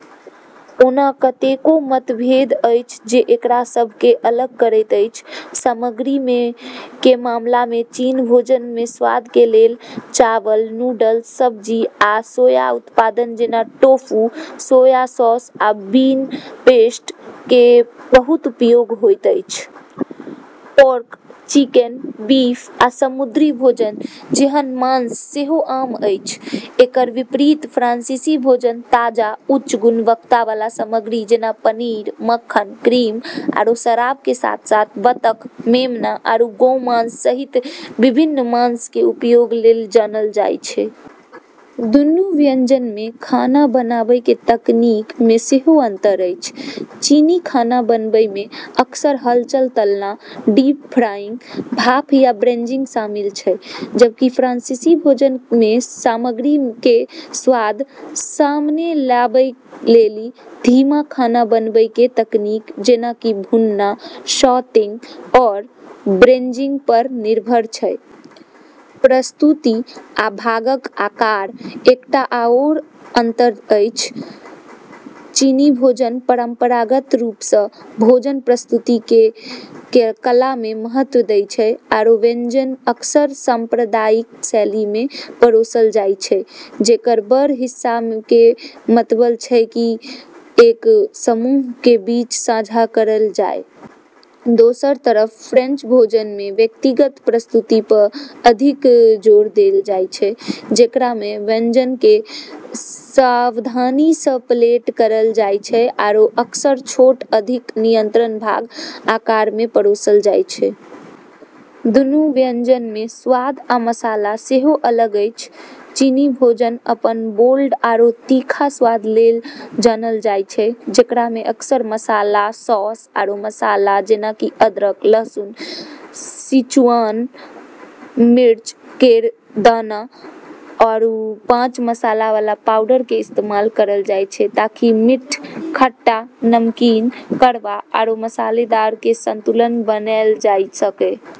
ओना कतेको मतभेद अछि जे एकरा सभकेँ अलग करैत अछि। सामग्री के मामला में चीनी भोजन में स्वाद के लेल चावल, नूडल्स, सब्जी, आ सोया उत्पाद जेना टोफू, सोया सॉस आ बीन पेस्ट के बहुत उपयोग होइत अछि. पोर्क, चिकन, बीफ, आ समुद्री भोजन जेहन मांस सेहो आम अछि। एकरऽ विपरीत फ्रांसीसी भोजन ताजा, उच्च गुणवत्ता वाला सामग्री जेना कि पनीर, मक्खन, क्रीम, आरू शराब के साथ-साथ बतख, मेमना, आरू गोमांस सहित विभिन्न मांस के उपयोग लेली जानलऽ जाय छै। दुनू व्यंजन मे खाना बनाबय के तकनीक मे सेहो अंतर अछि. चीनी खाना बनाबै में अक्सर हलचल-तलना, डीप-फ्राईंग, भाप या ब्रेज़िंग शामिल छै, जबकि फ्रांसीसी भोजन में सामग्री के स्वाद सामने लाबै लेली धीमा खाना बनाबै के तकनीक, जेना कि भुनना, सॉटिंग आरू ब्रेज़िंग पर निर्भर छै। प्रस्तुति आ भागक आकार एकटा आओर अंतर अछि। चीनी भोजन परंपरागत रूप स॑ भोजन प्रस्तुति के कला क॑ महत्व दै छै आरू व्यंजन अक्सर सांप्रदायिक शैली म॑ परोसलऽ जाय छै, जेकरऽ बड़ऽ हिस्सा के मतलब छै कि एक समूह के बीच साझा करलऽ जाय। दोसरऽ तरफ फ्रेंच भोजन म॑ व्यक्तिगत प्रस्तुति प॑ अधिक जोर देलऽ जाय छै, जेकरा म॑ व्यंजन क॑ सावधानी स॑ प्लेट करलऽ जाय छै आरू अक्सर छोटऽ, अधिक नियंत्रित भाग आकार म॑ परोसलऽ जाय छै। दुनू व्यंजन मे स्वाद आ मसाला सेहो अलग अछि। चीनी भोजन अपनऽ बोल्ड आरू तीखा स्वाद लेली जानलऽ जाय छै, जेकरा म॑ अक्सर मसाला, सॉस, आरू मसाला जेना कि अदरक, लहसुन, सिचुआन मिर्च केरऽ दाना, आरू पांच मसाला वाला पाउडर के इस्तेमाल करलऽ जाय छै ताकि मीठऽ, खट्टा, नमकीन, कड़वा, आरू मसालेदार के संतुलन बनैलऽ जाय सक॑।